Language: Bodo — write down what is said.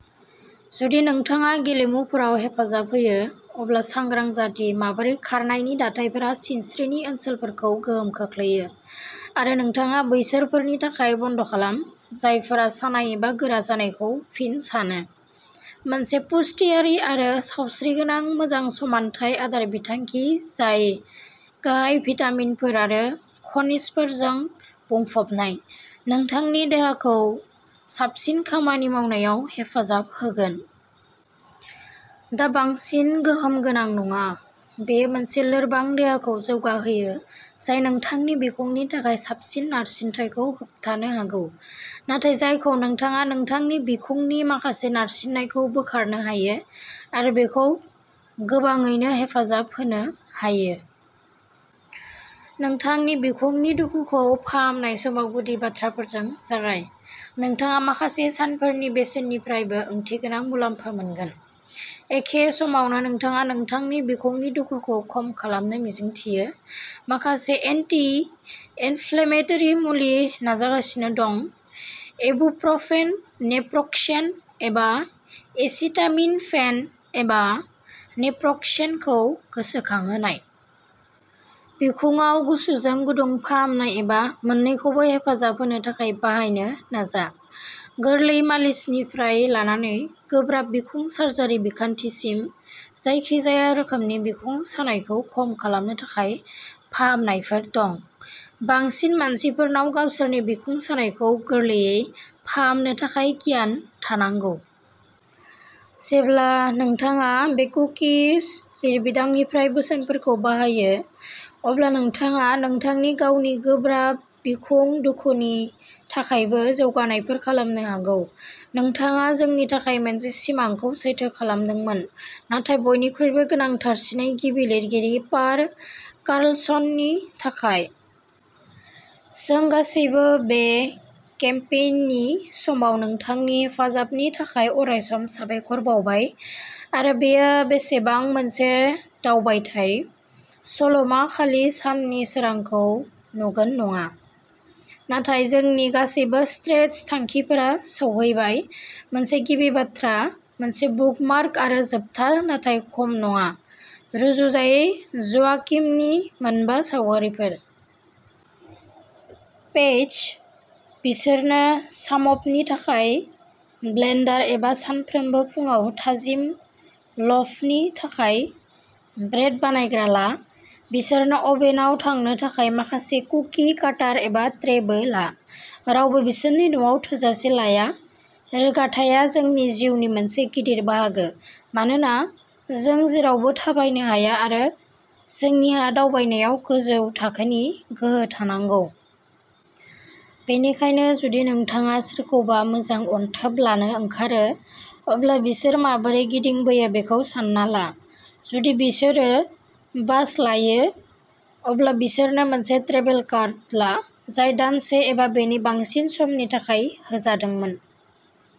जुदि नोंथाङा गेलेमुफोराव हेफाजाब होयो, अब्ला सांग्रां जा दि माबोरै खारनायनि दाथायफोरा सिनस्रिनि ओनसोलफोरखौ गोहोम खोख्लैयो, आरो नोंथाङा बैसोरफोरनि थाखाय बन्द'खालाम जायफोरा सानाय एबा गोरा जानायखौ फिन सानो। मोनसे पुष्टियारि आरो सावस्रिगोनां मोजां-समानथाय आदार बिथांखि जाय गाहाय भिटामिनफोर आरो खनिजफोरजों बुंफबनाय, नोंथांनि देहाखौ साबसिन खामानि मावनायाव हेफाजाब होगोन। दा बांसिन गोहोम गोनां नङा, बेयो मोनसे लोरबां देहाखौ जौगाहोयो जाय नोंथांनि बिखुंनि थाखाय साबसिन नारसिनथायखौ होबथानो हागौ, नाथाय जायखौ नोंथाङा नोंथांनि बिखुंनि माखासे नारसिननायखौ बोखारनो हायो आरो बेखौ गोबाङैनो हेफाजाब होनो हायो। नोंथांनि बिखुंनि दुखुखौ फाहामनाय समाव गुदि बाथ्राफोरजों जागाय। नोंथाङा माखासे सानफोरनि बेसेननिफ्रायबो ओंथिगोनां मुलाम्फा मोनगोन। एखे समावनो नोंथाङा नोंथांनि बिखुंनि दुखुखौ खम खालामनो मिजिंथियो, माखासे एन्टि-इनफ्लेमेटरि मुलि नाजागासिनो दं, इबुप्रफेन, नेप्र'क्सेन एबा एसिटामिन'फेन, एबा नेप्र'क्सेनखौ गोसोखांहोनाय। बिखुङाव गुसुजों गुदुं फाहामनाय एबा मोन्नैखौबो हेफाजाब होनो थाखाय बाहायनो नाजा। गोरलै मालिसनिफ्राय लानानै गोब्राब बिखुं सार्जारि बिखान्थिसिम, जायखिजाया रोखोमनि बिखुं सानायखौ खम खालामनो थाखाय फाहामनायफोर दं। बांसिन मानसिफोरनाव गावसोरनि बिखुं सानायखौ गोरलैयै फाहामनो थाखाय गियान थानांगौ। जेब्ला नोंथाङा बे कुकिज लिरबिदांनिफ्राय बोसोनफोरखौ बाहायो, अब्ला नोंथाङा नोंथांनि गावनि गोब्राब बिखुं दुखुनि थाखायबो जौगानायफोर खालामनो हागौ। नोंथाङा जोंनि थाखाय मोनसे सिमांखौ सैथो खालामदोंमोन, नाथाय बयनिख्रुइबो गोनांथारसिनै गिबि लिरगिरि पार कार्लसननि थाखाय। जों गासैबो बे केम्पेइननि समाव नोंथांनि हेफाजाबनि थाखाय अरायसम साबायखर बावबाय। आरो बेयो बेसेबां मोनसे दावबायथाय! सल'मा खालि साननि सोरांखौ नुगोन नङा, नाथाय जोंनि गासैबो स्ट्रेच थांखिफोरा सौहैबायः मोनसे गिबि बाथ्रा, मोनसे बुकमार्क आरो जोबथा नाथाय खम नङा, रुजुजायै ज'आकिमनि मोनबा सावगारिफोर। पैच, बिसोरनो सामपनि थाखाय ब्लेन्डार एबा सानफ्रोमबो फुंआव थाजिम ल'फनि थाखाय ब्रेड बानायग्रा ला। बिसोरनो अभेनआव थांनो थाखाय माखासे कुकि काटार एबा ट्रेबो ला; रावबो बिसोरनि न'आव थोजासे लाया! रोगाथाइआ जोंनि जिउनि मोनसे गिदिर बाहागो, मानोना जों जेरावबो थाबायनो हाया आरो जोंनिहा दावबायनायाव गोजौ थाखोनि गोहो थानांगौ। बेनिखायनो जुदि नोंथाङा सोरखौबा मोजां अनथोब लानो ओंखारो, अब्ला बिसोर माबोरै गिदिंबोयो बेखौ सानना ला। जुदि बिसोरो बास लायो, अब्ला बिसोरनो मोनसे ट्रेभेल कार्ड ला जाय दानसे एबा बेनि बांसिन समनि थाखाय होजादोंमोन।